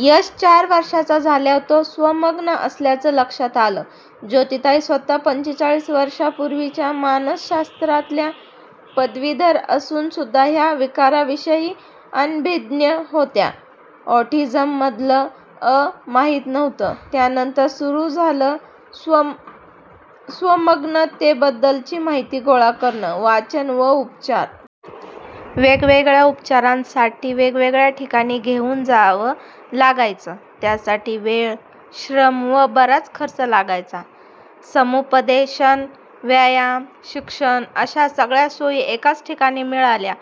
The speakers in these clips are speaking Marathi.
यश चार वर्षाचा झाल्यावर तो स्वमग्न असल्याचं लक्षात आलं. ज्योतीताई स्वतः पंचेचाळीस वर्षापूर्वीच्या मानसशास्त्रातल्या पदवीधर असून सुद्धा ह्या विकाराविषयी अनभिज्ञ होत्या. ऑटीझममधलं अ माहीत नव्हतं. त्यानंतर सुरू झालं स्वमग्नतेबद्दलची माहिती गोळा करणं, वाचन व उपचार. वेगवेगळ्या उपचारांसाठी वेगवेगळ्या ठिकाणी घेऊन जावं लागायचं. त्यासाठी वेळ, श्रम व बराच खर्च लागायचा. समुपदेशन, व्यायाम, शिक्षण अश्या सगळ्या सोयी एकाच ठिकाणी मिळाल्या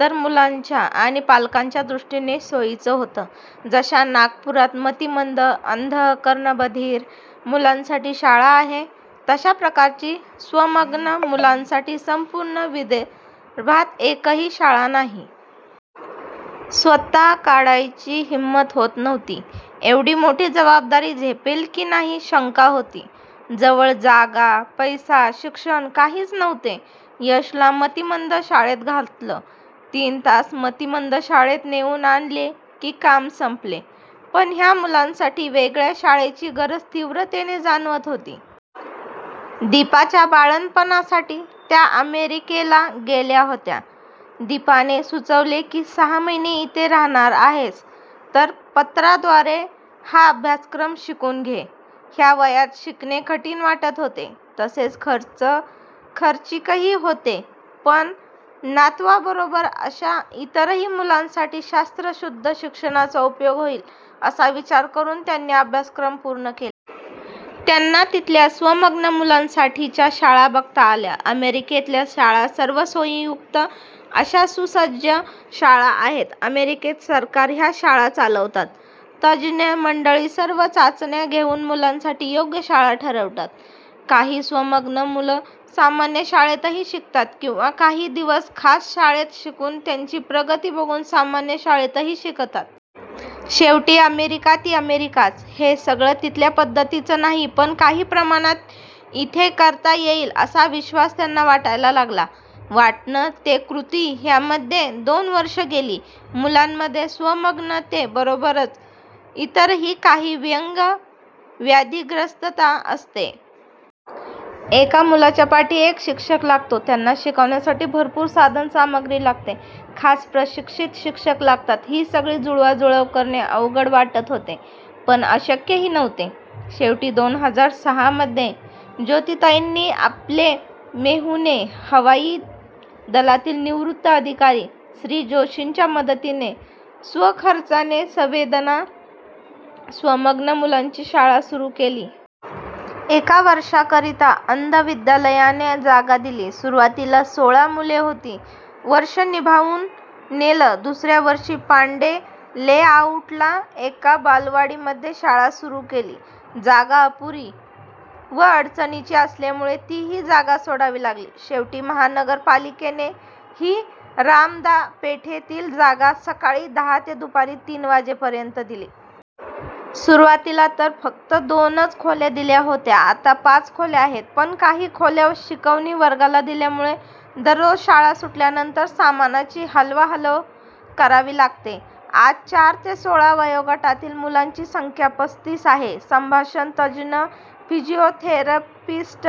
तर मुलांच्या आणि पालकांच्या दृष्टीने सोयीचं होतं. जश्या नागपुरात मतिमंद, अंध, कर्णबधिर मुलांसाठी शाळा आहे तश्या प्रकारची स्वमग्न मुलांसाठी संपूर्ण विदर्भात एकही शाळा नाही. स्वतः काढायची हिंमत होत नव्हती. एवढी मोठी जबाबदारी झेपेल की नाही शंका होती. जवळ जागा, पैसा, शिक्षण काहीच नव्हते. यशला मतिमंद शाळेत घातलं. तीन तास मतिमंद शाळेत नेऊन आणले की काम संपले. पण ह्या मुलांसाठी वेगळ्या शाळेची गरज तीव्रतेने जाणवत होती. दीपाच्या बाळंतपणासाठी त्या अमेरिकेला गेल्या होत्या. दीपाने सुचवलं की सहा महिने इथे राहणार आहेस तर पत्राद्वारे हा अभ्यासक्रम शिकून घे. ह्या वयात शिकणे कठीण वाटत होते तसेच खर्चिकही होते. पण नातवाबरोबर अश्या इतरही मुलांसाठी शास्त्रशुद्ध शिक्षणाचा उपयोग होईल असा विचार करून त्यांनी अभ्यासक्रम पूर्ण केला. त्यांना तिथल्या स्वमग्न मुलांसाठीच्या शाळा बघता आल्या. अमेरिकेतल्या शाळा सर्व सोयींयुक्त अश्या सुसज्ज शाळा आहेत. अमेरिकेत सरकार ह्या शाळा चालवतात. तज्ज्ञ मंडळी सर्व चाचण्या घेऊन मुलांसाठी योग्य शाळा ठरवतात. काही स्वमग्न मुलं सामान्य शाळेतही शिकतात किंवा काही दिवस खास शाळेत शिकून, त्यांची प्रगती बघून सामान्य शाळेतही शिकतात. शेवटी अमेरिका ती अमेरिकाच. हे सगळं तिथल्या पद्धतीचं नाही पण काही प्रमाणात इथे करता येईल असा विश्वास त्यांना वाटायला लागला. वाटणं ते कृती ह्यामध्ये दोन वर्षं गेली. मुलांमध्ये स्वमग्नते बरोबरच इतरही काही व्यंग, व्याधिग्रस्तता असते. एका मुलाच्या पाठी एक शिक्षक लागतो. त्यांना शिकवण्यासाठी भरपूर साधनसामग्री लागते. खास प्रशिक्षित शिक्षक लागतात. ही सगळी जुळवाजुळव करणे अवघड वाटत होते पण अशक्यही नव्हते. शेवटी दोन हजार सहामध्ये ज्योतीताईंनी आपले मेहुणे, हवाई दलातील निवृत्त अधिकारी श्री जोशींच्या मदतीने, स्वखर्चाने संवेदना स्वमग्न मुलांची शाळा सुरु केली. एक वर्षाकरिता अंध विद्यालयाने जागा दिली. सुरुवातीला सोळा मुले होती. वर्ष निभावून नेलं. दुसऱ्या वर्षी पांडे लेआऊटला एका बालवाडीमध्ये शाळा सुरू केली. जागा अपुरी व अडचणीची असल्यामुळे तिही जागा सोडावी लागली. शेवटी महानगरपालिकेने ही रामदापेठेतील जागा सकाळी दहा ते दुपारी तीन वाजेपर्यंत दिली. सुरुवातीला तर फक्त दोनच खोल्या दिल्या होत्या आता पाच खोल्या आहेत पण काही खोल्या शिकवणी वर्गाला दिल्यामुळे दररोज शाळा सुटल्यानंतर सामानाची हलवाहलव करावी लागते. आज चार ते सोळा वयोगटातील मुलांची संख्या पस्तीस आहे. संभाषण तज्ज्ञ, फिजिओथेरपिस्ट,